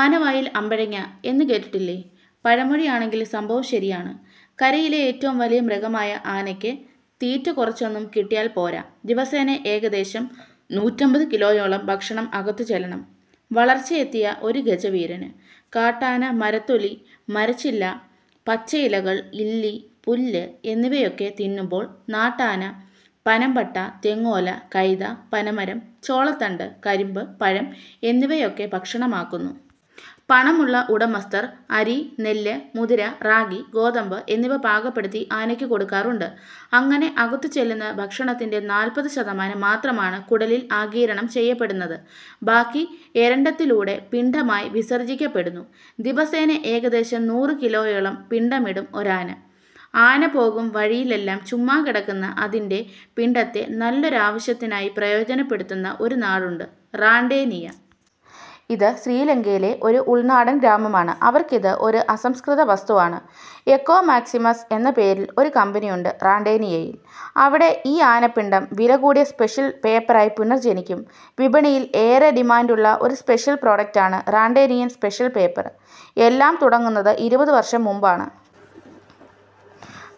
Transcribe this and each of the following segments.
ആനവായിൽ അമ്പഴങ്ങ എന്നു കേട്ടിട്ടില്ലേ? പഴമൊഴിയാണെങ്കിലും സംഭവം ശരിയാണ്. കരയിലെ ഏറ്റവും വലിയ മൃഗമായ ആനയ്ക്ക് തീറ്റ കുറച്ചൊന്നും കിട്ടിയാൽ പോരാ. ദിവസേന ഏകദേശം നൂറ്റമ്പത് കിലോയോളം ഭക്ഷണം അകത്തുചെല്ലണം വളർച്ചയെത്തിയ ഒരു ഗജവീരന്. കാട്ടാന മരത്തൊലി, മരച്ചില്ല, പച്ച ഇലകൾ, ഇല്ലി, പുല്ല് എന്നിവയൊക്കെ തിന്നുമ്പോൾ നാട്ടാന പനംപട്ട, തെങ്ങോല, കൈത, പനമരം, ചോളത്തണ്ട്, കരിമ്പ്, പഴം എന്നിവയൊക്കെ ഭക്ഷണമാക്കുന്നു. പണമുള്ള ഉടമസ്ഥർ അരി, നെല്ല്, മുതിര, റാഗി, ഗോതമ്പ് എന്നിവ പാകപ്പെടുത്തി ആനയ്ക്ക് കൊടുക്കാറുണ്ട്. അങ്ങനെ അകത്തുചെല്ലുന്ന ഭക്ഷണത്തിൻ്റെ നാൽപ്പത് ശതമാനം മാത്രമാണ് കുടലിൽ ആഗിരണം ചെയ്യപ്പെടുന്നത്. ബാക്കി എരണ്ടത്തിലൂടെ പിണ്ടമായി വിസർജിക്കപ്പെടുന്നു. ദിവസേന ഏകദേശം നൂറ് കിലോയോളം പിണ്ടമിടും ഒരാന. ആന പോകും വഴിയിലെല്ലാം ചുമ്മാ കിടക്കുന്ന അതിൻ്റെ പിണ്ടത്തെ നല്ലൊരാവശ്യത്തിനായി പ്രയോജനപ്പെടുത്തുന്ന ഒരു നാടുണ്ട്, റാണ്ടേനിയ. ഇത് ശ്രീലങ്കയിലെ ഒരു ഉൾനാടൻ ഗ്രാമമാണ്. അവർക്കിത് ഒരു അസംസ്കൃത വസ്തുവാണ്. എക്കോ മാക്സിമസ് എന്ന പേരിൽ ഒരു കമ്പനിയുണ്ട് റാണ്ടേനിയയിൽ. അവിടെ ഈ ആനപ്പിണ്ടം വിലകൂടിയ സ്പെഷ്യൽ പേപ്പറായി പുനർജനിക്കും. വിപണിയിൽ ഏറെ ഡിമാൻഡുള്ള ഒരു സ്പെഷ്യൽ പ്രൊഡക്ടാണ് റാണ്ടേനിയൻ സ്പെഷ്യൽ പേപ്പർ. എല്ലാം തുടങ്ങുന്നത് ഇരുപത് വർഷം മുമ്പാണ്.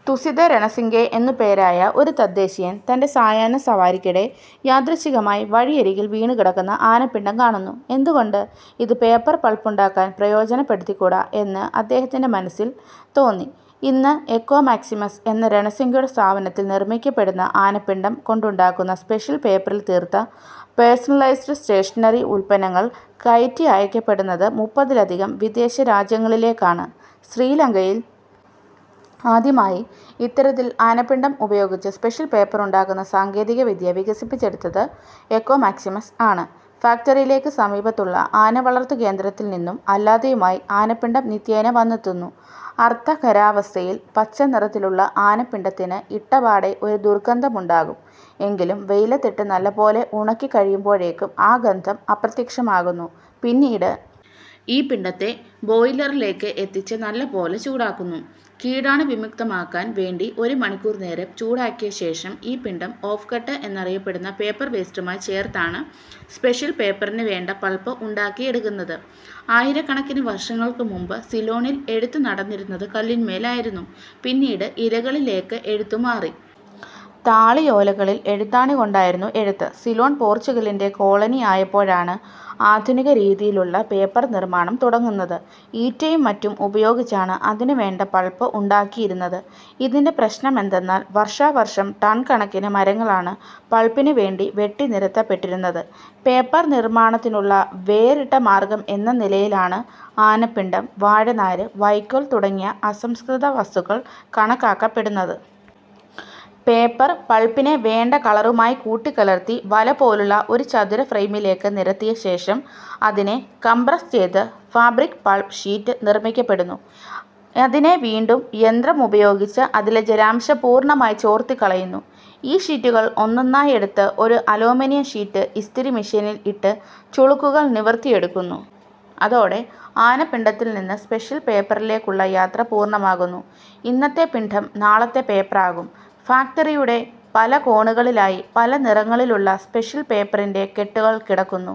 തുസിത രണസിംഗെ എന്നുപേരായ ഒരു തദ്ദേശീയൻ തൻ്റെ സായാഹ്ന സവാരിക്കിടെ യാദൃച്ഛികമായി വഴിയരികിൽ വീണുകിടക്കുന്ന ആനപ്പിണ്ടം കാണുന്നു. എന്തുകൊണ്ട് ഇത് പേപ്പർ പൾപ്പുണ്ടാക്കാൻ പ്രയോജനപ്പെടുത്തിക്കൂടാ എന്ന് അദ്ദേഹത്തിൻ്റെ മനസ്സിൽ തോന്നി. ഇന്ന് എക്കോ മാക്സിമസ് എന്ന രണസിംഗയുടെ സ്ഥാപനത്തിൽ നിർമിക്കപ്പെടുന്ന ആനപ്പിണ്ടം കൊണ്ടുണ്ടാക്കുന്ന സ്പെഷ്യൽ പേപ്പറിൽ തീർത്ത പേഴ്സണലൈസ്ഡ് സ്റ്റേഷനറി ഉത്പന്നങ്ങൾ കയറ്റി അയക്കപ്പെടുന്നത് മുപ്പതിലധികം വിദേശ രാജ്യങ്ങളിലേക്കാണ്. ശ്രീലങ്കയിൽ ആദ്യമായി ഇത്തരത്തിൽ ആനപ്പിണ്ടം ഉപയോഗിച്ച് സ്പെഷ്യൽ പേപ്പർ ഉണ്ടാക്കുന്ന സാങ്കേതികവിദ്യ വികസിപ്പിച്ചെടുത്തത് എക്കോ മാക്സിമസ് ആണ്. ഫാക്ടറിയിലേക്ക് സമീപത്തുള്ള ആനവളർത്തുകേന്ദ്രത്തിൽ നിന്നും അല്ലാതെയുമായി ആനപ്പിണ്ടം നിത്യേന വന്നെത്തുന്നു. അർദ്ധഖരാവസ്ഥയിൽ പച്ചനിറത്തിലുള്ള ആനപ്പിണ്ടത്തിന് ഇട്ടപാടെ ഒരു ദുർഗന്ധമുണ്ടാകും എങ്കിലും വെയിലത്തിട്ട് നല്ലപോലെ ഉണക്കിക്കഴിയുമ്പോഴേക്കും ആ ഗന്ധം അപ്രത്യക്ഷമാകുന്നു. പിന്നീട് ഈ പിണ്ടത്തെ ബോയിലറിലേക്ക് എത്തിച്ച് നല്ലപോലെ ചൂടാക്കുന്നു. കീടാണുവിമുക്തമാക്കാൻ വേണ്ടി ഒരു മണിക്കൂർ നേരം ചൂടാക്കിയ ശേഷം ഈ പിണ്ടം ഓഫ് കട്ട് എന്നറിയപ്പെടുന്ന പേപ്പർ വേസ്റ്റുമായി ചേർത്താണ് സ്പെഷ്യൽ പേപ്പറിന് വേണ്ട പൾപ്പ് ഉണ്ടാക്കിയെടുക്കുന്നത്. ആയിരക്കണക്കിന് വർഷങ്ങൾക്ക് മുമ്പ് സിലോണിൽ എഴുത്ത് നടന്നിരുന്നത് കല്ലിന്മേലായിരുന്നു. പിന്നീട് ഇലകളിലേക്ക് എഴുത്ത് മാറി. താളിയോലകളിൽ എഴുത്താണികൊണ്ടായിരുന്നു എഴുത്ത്. സിലോൺ പോർച്ചുഗലിൻ്റെ കോളനിയായപ്പോഴാണ് ആധുനിക രീതിയിലുള്ള പേപ്പർ നിർമ്മാണം തുടങ്ങുന്നത്. ഈറ്റയും മറ്റും ഉപയോഗിച്ചാണ് അതിനുവേണ്ട പൾപ്പ് ഉണ്ടാക്കിയിരുന്നത്. ഇതിൻ്റെ പ്രശ്നമെന്തെന്നാൽ വർഷാവർഷം ടൺ കണക്കിന് മരങ്ങളാണ് പൾപ്പിനുവേണ്ടി വെട്ടിനിരത്തപ്പെട്ടിരുന്നത്. പേപ്പർ നിർമ്മാണത്തിനുള്ള വേറിട്ട മാർഗം എന്ന നിലയിലാണ് ആനപ്പിണ്ടം, വാഴനാര്, വൈക്കോൽ തുടങ്ങിയ അസംസ്കൃത വസ്തുക്കൾ കണക്കാക്കപ്പെടുന്നത്. പേപ്പർ പൾപ്പിനെ വേണ്ട കളറുമായി കൂട്ടിക്കലർത്തി വലപോലുള്ള ഒരു ചതുര ഫ്രെയിമിലേക്ക് നിരത്തിയ ശേഷം അതിനെ കംപ്രസ് ചെയ്ത് ഫാബ്രിക് പൾപ്പ് ഷീറ്റ് നിർമ്മിക്കപ്പെടുന്നു. അതിനെ വീണ്ടും യന്ത്രമുപയോഗിച്ച് അതിലെ ജലാംശം പൂർണ്ണമായി ചോർത്തിക്കളയുന്നു. ഈ ഷീറ്റുകൾ ഒന്നൊന്നായി എടുത്ത് ഒരു അലുമിനിയം ഷീറ്റ് ഇസ്തിരി മെഷീനിൽ ഇട്ട് ചുളുക്കുകൾ നിവർത്തിയെടുക്കുന്നു. അതോടെ ആനപ്പിണ്ടത്തിൽ നിന്ന് സ്പെഷ്യൽ പേപ്പറിലേക്കുള്ള യാത്ര പൂർണ്ണമാകുന്നു. ഇന്നത്തെ പിണ്ടം നാളത്തെ പേപ്പറാകും. ഫാക്ടറിയുടെ പല കോണുകളിലായി പല നിറങ്ങളിലുള്ള സ്പെഷ്യൽ പേപ്പറിൻ്റെ കെട്ടുകൾ കിടക്കുന്നു.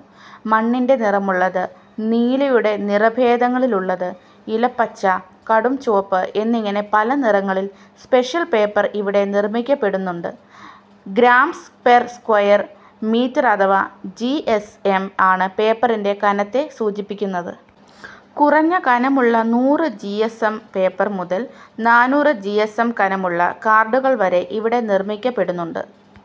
മണ്ണിൻ്റെ നിറമുള്ളത്, നീലയുടെ നിറഭേദങ്ങളിലുള്ളത്, ഇലപ്പച്ച, കടുംചുവപ്പ് എന്നിങ്ങനെ പല നിറങ്ങളിൽ സ്പെഷ്യൽ പേപ്പർ ഇവിടെ നിർമ്മിക്കപ്പെടുന്നുണ്ട്. ഗ്രാംസ് പെർ സ്ക്വയർ മീറ്റർ അഥവാ ജിഎസ്എം ആണ് പേപ്പറിൻ്റെ കനത്തെ സൂചിപ്പിക്കുന്നത്. കുറഞ്ഞ കനമുള്ള നൂറ് ജിഎസ്എം പേപ്പർ മുതൽ നാനൂറ് ജിഎസ്എം കനമുള്ള കാർഡുകൾ വരെ ഇവിടെ നിർമ്മിക്കപ്പെടുന്നുണ്ട്.